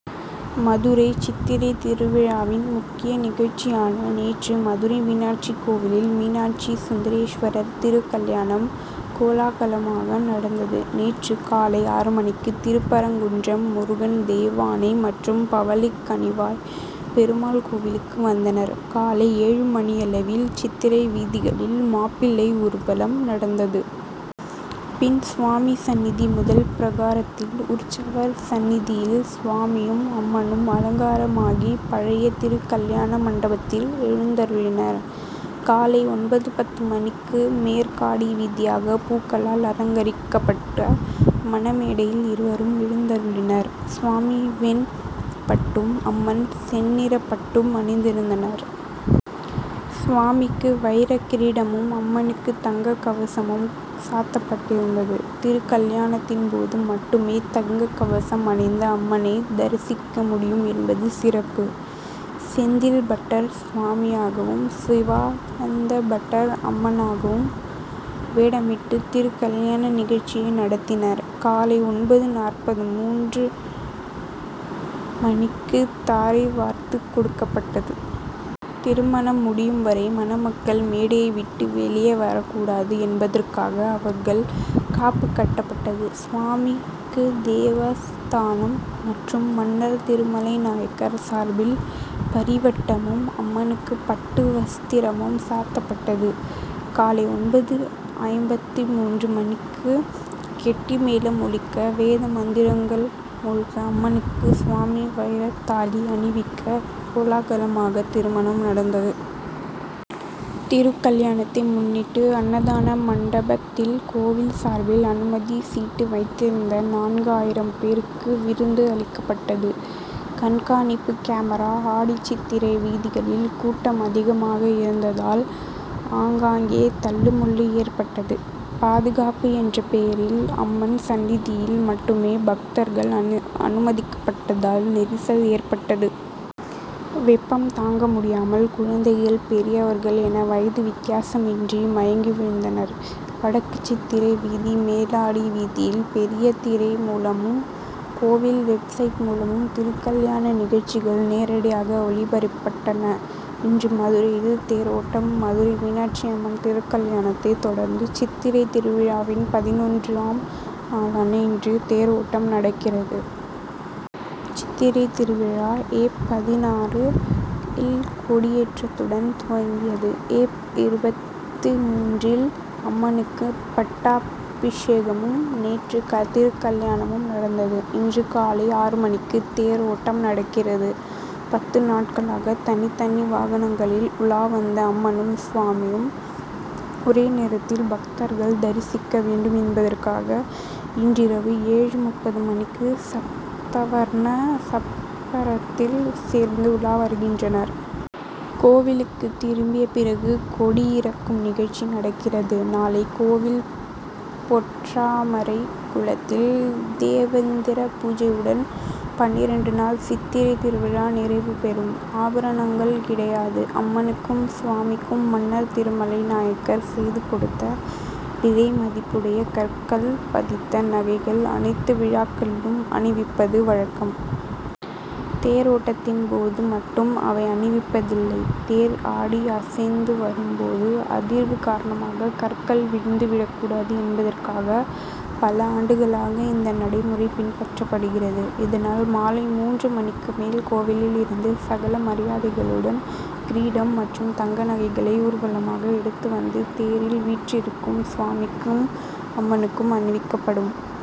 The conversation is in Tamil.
மதுரை சித்திரை திருவிழாவின் முக்கிய நிகழ்ச்சியான நேற்று மதுரை மீனாட்சி கோவிலில் மீனாட்சி சுந்தரேஸ்வரர் திருக்கல்யாணம் கோலாகலமாக நடந்தது. நேற்று காலை ஆறு மணிக்கு திருப்பரங்குன்றம் முருகன் தெய்வானை மற்றும் பவளக்கனிவாய் பெருமாள் கோவிலுக்கு வந்தனர். காலை ஏழு மணியளவில் சித்திரை வீதிகளில் மாப்பிள்ளை ஊர்வலம் நடந்தது. பின் சுவாமி சன்னிதி முதல் பிரகாரத்தில் உற்சவர் சன்னிதியில் சுவாமியும் அம்மனும் அலங்கார மாகி பழைய திருக்கல்யாண மண்டபத்தில் எழுந்தருளினர். காலை ஒன்பது பத்து மணிக்கு மேற்காடி வீதியாக பூக்களால் அலங்கரிக் கப்பட்ட மண மேடையில் இருவரும் எழுந்தருளினர். சுவாமி வெண் பட்டும் அம்மன் செந்நிற பட்டும் அணிந்திருந்தனர். சுவாமிக்கு வைரக் கிரீடமும் அம்மனுக்கு தங்கக் கவசமும் சாத்தப்பட்டிருந்தது. திருக்கல்யாணத்தின் போது மட்டுமே தங்கக் கவசம் அணிந்த அம்மனை தரிசிக்க முடியும் என்பது சிறப்பு. செந்தில் பட்டர் சுவாமியாகவும் சிவா னந்த பட்டர் அம்மனாகவும் வேடமிட்டு திருக்கல்யாண நிகழ்ச்சியை நடத்தினர். காலை ஒன்பது நாற்பத்து மூன்று மணிக்கு தாரை வார்த்து கொடுக்கப்பட்டது. திருமணம் முடியும் வரை மணமக்கள் மேடையை விட்டு வெளியே வரக்கூடாது என்பதற்காக அவர்கள் காப்பு கட்டப்பட்டது. சுவாமிக்கு தேவஸ்தானம் மற்றும் மன்னர் திருமலை நாயக்கர் சார்பில் பரி வட்டமும் அம்மனுக்கு பட்டு வஸ்திரமும் சாத்தப்பட்டது. காலை ஒன்பது ஐம்பத்து மூன்று மணிக்கு கெட்டி மேளம் ஒலிக்க வேத மந்திரங்கள் முழங்க அம்மனுக்கு சுவாமி வைரத் தாலி அணிவிக்க கோலாகலமாக திருமணம் நடந்தது. திருக்கல்யாணத்தை முன்னிட்டு அன்னதான மண்டபத்தில் கோவில் சார்பில் அனுமதி சீட்டு வைத்திருந்த நான்கு ஆயிரம் பேருக்கு விருந்து அளிக்கப்பட்டது. கண்காணிப்பு கேமரா ஆடி சித்திரை வீதிகளில் கூட்டம் அதிகமாக இருந்ததால் ஆங்காங்கே தள்ளுமுள்ளு ஏற்பட்டது. பாதுகாப்பு என்ற பெயரில் அம்மன் சன்னிதியில் மட்டுமே பக்தர்கள் அனு அனுமதிக்கப்பட்டதால் நெரிசல் ஏற்பட்டது. வெப்பம் தாங்க முடியாமல் குழந்தைகள் பெரியவர்கள் என வயது வித்தியாசமின்றி மயங்கி விழுந்தனர். வடக்கு சித்திரை வீதி மேலாடி வீதியில் பெரிய திரை மூலமும் கோவில் வெப்சைட் மூலமும் திருக்கல்யாண நிகழ்ச்சிகள் நேரடியாக ஒளிபரப்பப்பட்டன. இன்று மதுரையில் தேரோட்டம் மதுரை மீனாட்சி அம்மன் திருக்கல்யாணத்தைத் தொடர்ந்து சித்திரைத் திருவிழாவின் பதினொன்று ஆம் நாளான இன்று தேரோட்டம் நடக்கிறது. சித்திரைத் திருவிழா ஏப். பதினாறு இல் கொடியேற்றத்துடன் துவங்கியது. ஏப். இருபத்து மூன்று ல் அம்மனுக்கு பட்டா பிஷேகமும் நேற்று திருக்கல்யாணமும் நடந்தது. இன்று காலை ஆறு மணிக்கு தேரோட்டம் நடக்கிறது. பத்து நாட்களாக தனித்தனி வாகனங்களில் உலா வந்த அம்மனும் சுவாமியும் ஒரே நேரத்தில் பக்தர்கள் தரிசிக்க வேண்டும் என்பதற்காக இன்றிரவு ஏழு முப்பது மணிக்கு சப்தவர்ண சப்பரத்தில் சேர்ந்து உலா வருகின்றனர். கோவிலுக்கு திரும்பிய பிறகு கொடி இறக்கும் நிகழ்ச்சி நடக்கிறது. நாளை கோவில் பொற்றாமரைக் குளத்தில் தேவேந்திர பூஜையுடன் பன்னிரண்டு நாள் சித்திரைத் திருவிழா நிறைவு பெறும். ஆபரணங்கள் கிடையாது அம்மனுக்கும் சுவாமிக்கும் மன்னர் திருமலை நாயக்கர் செய்து கொடுத்த விலை மதிப்புடைய கற்கள் பதித்த நகைகள் அனைத்து விழாக்களிலும் அணிவிப்பது வழக்கம். தேரோட்டத்தின் போது மட்டும் அவை அணிவிப்பதில்லை. தேர் ஆடி அசைந்து வரும் போது அதிர்வு காரணமாக கற்கள் விழுந்து விடக்கூடாது என்பதற்காக பல ஆண்டுகளாக இந்த நடைமுறை பின்பற்றப்படுகிறது. இதனால் மாலை மூன்று மணிக்கு மேல் கோவிலில் இருந்து சகல மரியாதைகளுடன் கிரீடம் மற்றும் தங்க நகைகளை ஊர்வலமாக எடுத்து வந்து தேரில் வீற்றிருக்கும் சுவாமிக்கும் அம்மனுக்கும் அணிவிக்கப்படும்.